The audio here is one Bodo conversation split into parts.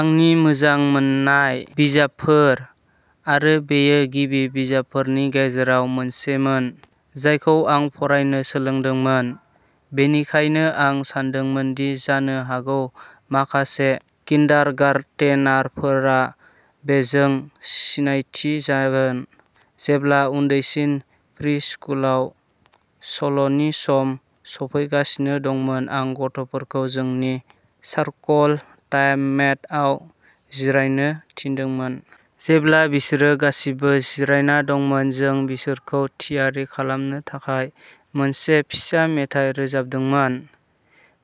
आंनि मोजां मोनजानाय बिजाबफोर, आरो बेयो गिबि बिजाबफोरनि गेजेराव मोनसेमोन जायखौ आं फरायनो सोलोंदोंमोन; बेनिखायनो आं सानदोंमोन दि जानो हागौ माखासे किन्डारगारटेनारफोरा बेजों सिनायथि जागोन। जेब्ला उन्दैसिन प्रि-स्कुलाव सल'नि सम सफैगासिनो दंमोन, आं गथ'फोरखौ जोंनि "सार्कल टाइम मेट" आव जिरायनो थिनदोंमोन। जेब्ला बिसोरो गासिबो जिरायना दंमोन, जों बिसोरखौ थियारि खालामनो थाखाय मोनसे फिसा मेथाइ रोजाबदोंमोन।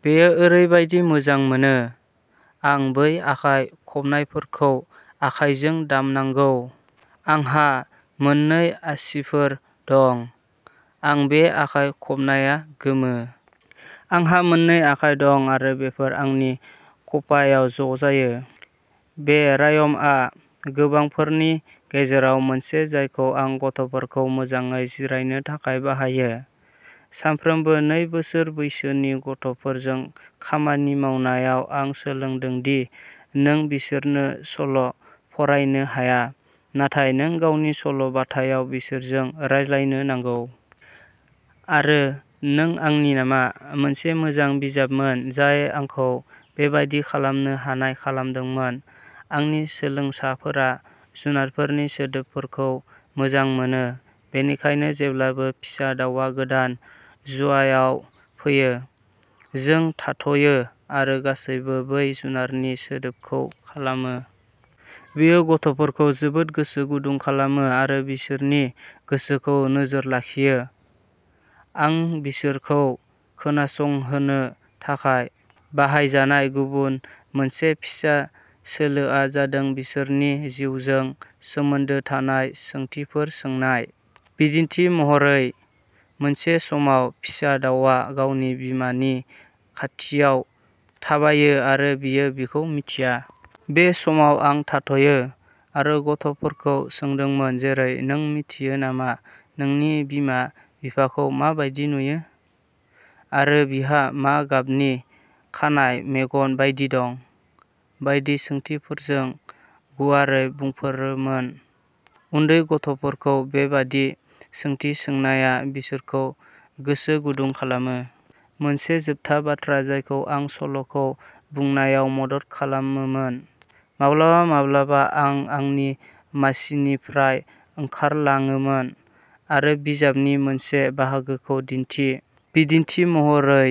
बेयो ओरैबायदि मोजां मोनो "आं बै आखाइ खबनायफोरखौ आखाइजों दामनांगौ। आंहा मोननै आसिफोर दं। आं बे आखाइ खबनाया गोमो । आंहा मोननै आखाइ दं आरो बेफोर आंनि खप्पायाव ज'जायो!" बे रायम आ गोबांफोरनि गेजेराव मोनसे जायखौ आं गथ'फोरखौ मोजाङै जिरायनो थाखाय बाहायो। सानफ्रोमबो नै बोसोर बैसोनि गथ'फोरजों खामानि मावनायाव, आं सोलोंदों दि नों बिसोरनो सल'फरायनो हाया, नाथाय नों गावनि सल'बाथायाव बिसोरजों रायज्लायनो नांगौ। आरो "नों आंनि नामा?" मोनसे मोजां बिजाबमोन जाय आंखौ बेबादि खालामनो हानाय खालामदोंमोन। आंनि सोलोंसाफोरा जुनारफोरनि सोदोबफोरखौ मोजां मोनो, बेनिखायनो जेब्लाबो फिसा दाउआ गोदान जुआव फैयो, जों थाथ'यो आरो गासैबो बै जुनारनि सोदोबखौ खालामो। बेयो गथ'फोरखौ जोबोद गोसो गुदुं खालामो आरो बिसोरनि गोसोखौ नोजोर लाखियो। आं बिसोरखौ खोनासंहोनो थाखाय बाहायजानाय गुबुन मोनसे फिसा सोलोआ जादों बिसोरनि जिउजों सोमोन्दो थानाय सोंथिफोर सोंनाय। बिदिन्थि महरै, मोनसे समाव फिसा दाउआ गावनि बिमानि खाथियाव थाबायो आरो बियो बिखौ मिथिया। बे समाव, आं थाथ'यो आरो गथ'फोरखौ सोंदोंमोन जेरै "नों मिथियो नामा नोंनि बिमा बिफाखौ मा बायदि नुयो? आरो बिहा मा गाबनि खानाय, मेगन बायदि दं?" बायदि सोंथिफोरजों गुवारै बुंफोरोमोन। उन्दै गथ'फोरखौ बेबादि सोंथि सोंनाया बिसोरखौ गोसो गुदुं खालामो। मोनसे जोबथा बाथ्रा जायखौ आं सल'खौ बुंनायाव मदद खालामोमोन, माब्लाबा-माब्लाबा, आं आंनि मासिनिफ्राय ओंखारलाङोमोन, आरो बिजाबनि मोनसे बाहागोखौ दिन्थि। बिदिन्थि महरै,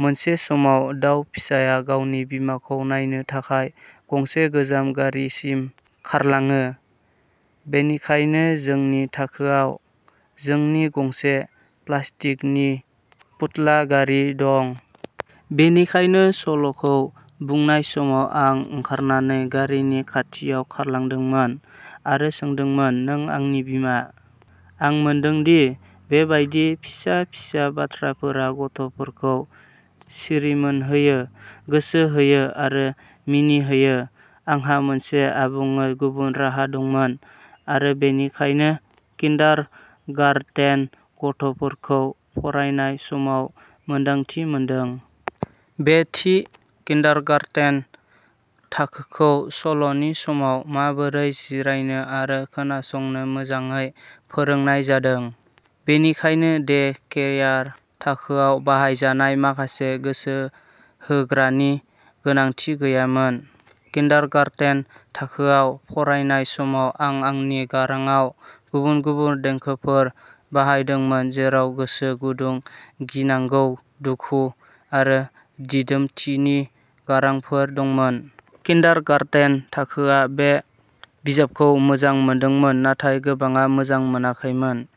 मोनसे समाव दाउ फिसाया गावनि बिमाखौ नायनो थाखाय गंसे गोजाम गारिसिम खारलाङो; बेनिखायनो जोंनि थाखोआव, जोंहा गंसे प्लास्टिकनि फुथुला गारि दं। बेनिखायनो सल'खौ बुंनाय समाव, आं ओंखारनानै गारिनि खाथियाव खारलांदोंमोन, आरो सोंदोंमोन "नों आंनि बिमा?" आं मोनदों दि बे बायदि फिसा-फिसा बाथ्राफोरा गथ'फोरखौ सिरिमोनहोयो, गोसो होयो आरो मिनिहोयो। आंहा मोनसे आबुङै गुबुन राहा दंमोन, आरो बेनिखायनो किन्डारगारटेन गथ'फोरखौ फरायनाय समाव मोन्दांथि मोनदों। बे थि किन्डारगारटेन थाखोखौ सल'नि समाव माबोरै जिरायनो आरो खोनासंनो मोजाङै फोरोंनाय जादों, बेनिखायनो डे केयार थाखोआव बाहायजानाय माखासे गोसो होग्रानि गोनांथि गैयामोन। किन्डारगारटेन थाखोयाव फरायनाय समाव, आं आंनि गारांआव गुबुन-गुबुन देंखोफोर बाहायदोंमोन, जेराव गोसो गुदुं, गिनांगौ, दुखु आरो दिदोमथिनि गारांफोर दंमोन। किन्डारगारटेन थाखोआ बे बिजाबखौ मोजां मोनदोंमोन, नाथाय गोबांआ मोजां मोनाखैमोन।